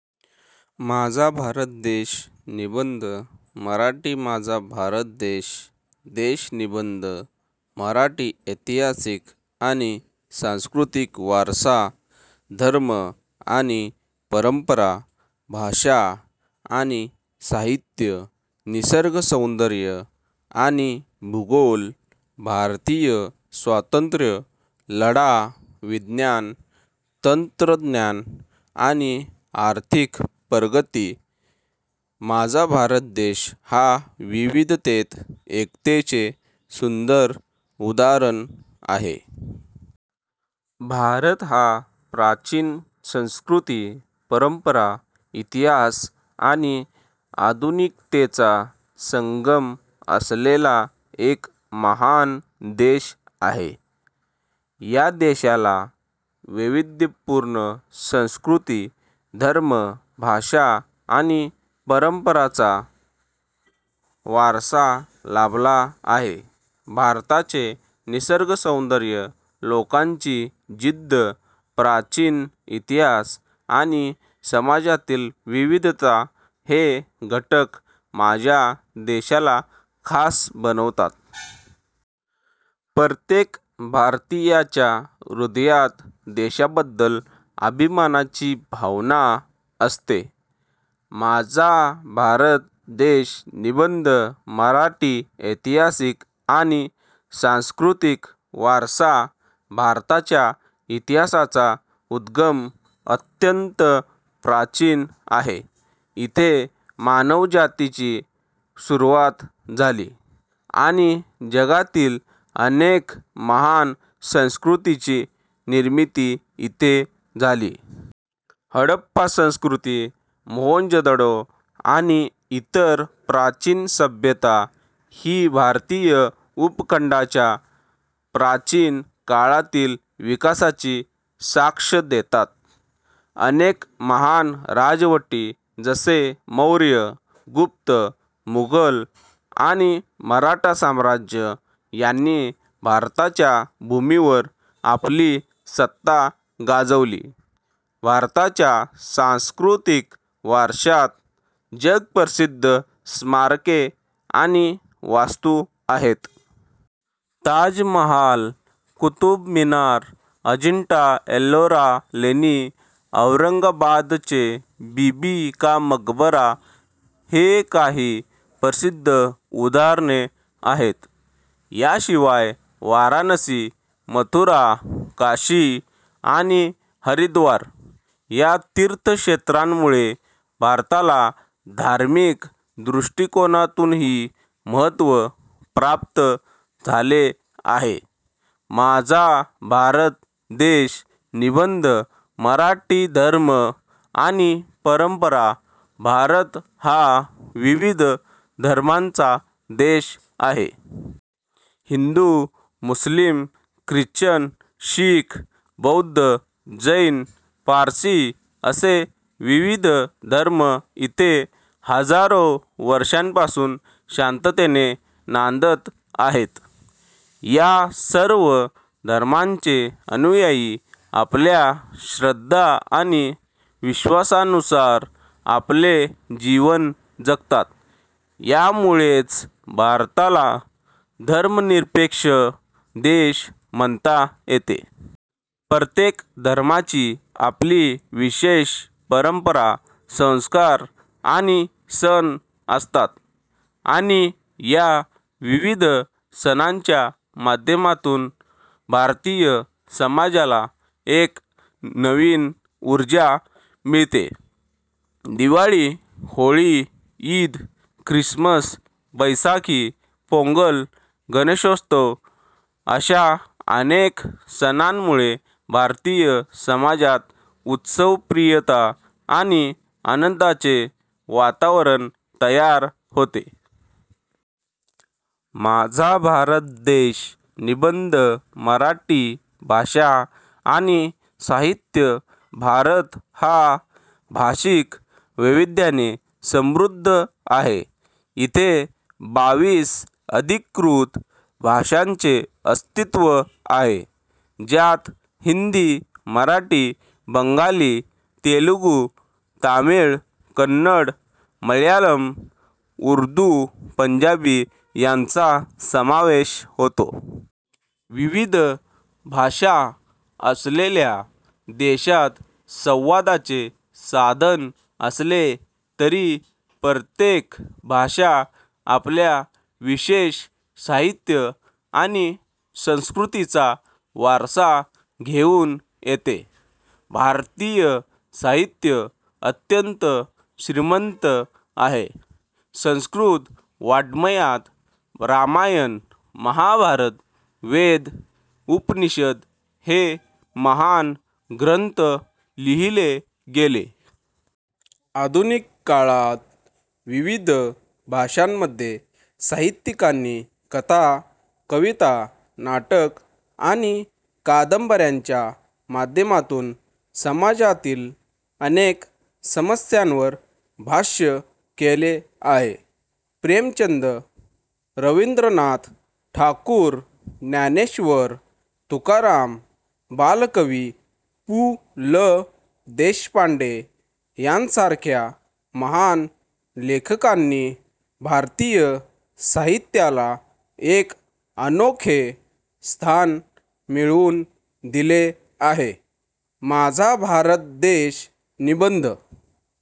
माझा भारत देश निबंध मराठी माझा भारत देश निबंध मराठी ऐतिहासिक आणि सांस्कृतिक वारसा धर्म आणि परंपरा भाषा आणि साहित्य निसर्गसौंदर्य आणि भूगोल भारतीय स्वातंत्र्य लढा विज्ञान, तंत्रज्ञान, आणि आर्थिक प्रगती माझा भारत देश हा विविधतेत एकतेचे सुंदर उदाहरण आहे. भारत हा प्राचीन संस्कृती, परंपरा, इतिहास, आणि आधुनिकतेचा संगम असलेला एक महान देश आहे. या देशाला वैविध्यपूर्ण संस्कृती, धर्म, भाषा, आणि परंपरांचा वारसा लाभला आहे. भारताचे निसर्गसौंदर्य, लोकांची जिद्द, प्राचीन इतिहास, आणि समाजातील विविधता हे घटक माझ्या देशाला खास बनवतात. प्रत्येक भारतीयाच्या हृदयात देशाबद्दल अभिमानाची भावना असते. माझा भारत देश निबंध मराठी ऐतिहासिक आणि सांस्कृतिक वारसा भारताच्या इतिहासाचा उद्गम अत्यंत प्राचीन आहे. इथे मानवजातीची सुरुवात झाली, आणि जगातील अनेक महान संस्कृतींची निर्मिती इथे झाली. हडप्पा संस्कृती, मोहनजोदडो, आणि इतर प्राचीन सभ्यता ही भारतीय उपखंडाच्या प्राचीन काळातील विकासाची साक्ष देतात. अनेक महान राजवटी, जसे मौर्य, गुप्त, मुघल, आणि मराठा साम्राज्य, यांनी भारताच्या भूमीवर आपली सत्ता गाजवली. भारताच्या सांस्कृतिक वारशात जगप्रसिद्ध स्मारके आणि वास्तू आहेत. ताजमहाल, कुतुब मिनार, अजिंठा एलोरा लेणी, औरंगाबादचे बीबी का मकबरा हे काही प्रसिद्ध उदाहरणे आहेत. याशिवाय, वाराणसी, मथुरा, काशी, आणि हरिद्वार या तीर्थक्षेत्रांमुळे भारताला धार्मिक दृष्टिकोनातूनही महत्त्व प्राप्त झाले आहे. माझा भारत देश निबंध मराठी धर्म आणि परंपरा भारत हा विविध धर्मांचा देश आहे. हिंदू, मुस्लिम, ख्रिश्चन, शीख, बौद्ध, जैन, पारसी असे विविध धर्म इथे हजारो वर्षांपासून शांततेने नांदत आहेत. या सर्व धर्मांचे अनुयायी आपल्या श्रद्धा आणि विश्वासानुसार आपले जीवन जगतात. यामुळेच भारताला धर्मनिरपेक्ष देश म्हणता येते. प्रत्येक धर्माची आपली विशेष परंपरा, संस्कार, आणि सण असतात, आणि या विविध सणांच्या माध्यमातून भारतीय समाजाला एक नवीन ऊर्जा मिळते. दिवाळी, होळी, ईद, ख्रिसमस, बैसाखी, पोंगल, गणेशोत्सव अशा अनेक सणांमुळे भारतीय समाजात उत्सवप्रियता आणि आनंदाचे वातावरण तयार होते. माझा भारत देश निबंध मराठी भाषा आणि साहित्य भारत हा भाषिक वैविध्याने समृद्ध आहे. इथे बावीस अधिकृत भाषांचे अस्तित्व आहे, ज्यात हिंदी, मराठी, बंगाली, तेलुगू, तामिळ, कन्नड, मल्याळम, उर्दू, पंजाबी यांचा समावेश होतो. विविध भाषा असलेल्या देशात संवादाचे साधन असले तरी, प्रत्येक भाषा आपल्या विशेष साहित्य आणि संस्कृतीचा वारसा घेऊन येते. भारतीय साहित्य अत्यंत श्रीमंत आहे. संस्कृत वाङ्मयात रामायण, महाभारत, वेद, उपनिषद हे महान ग्रंथ लिहिले गेले. आधुनिक काळात, विविध भाषांमध्ये साहित्यिकांनी कथा, कविता, नाटक, आणि कादंबऱ्यांच्या माध्यमातून समाजातील अनेक समस्यांवर भाष्य केले आहे. प्रेमचंद, रवींद्रनाथ ठाकूर, ज्ञानेश्वर, तुकाराम, बालकवी, पु. ल. देशपांडे यांसारख्या महान लेखकांनी भारतीय साहित्याला एक अनोखे स्थान मिळवून दिले आहे. माझा भारत देश निबंध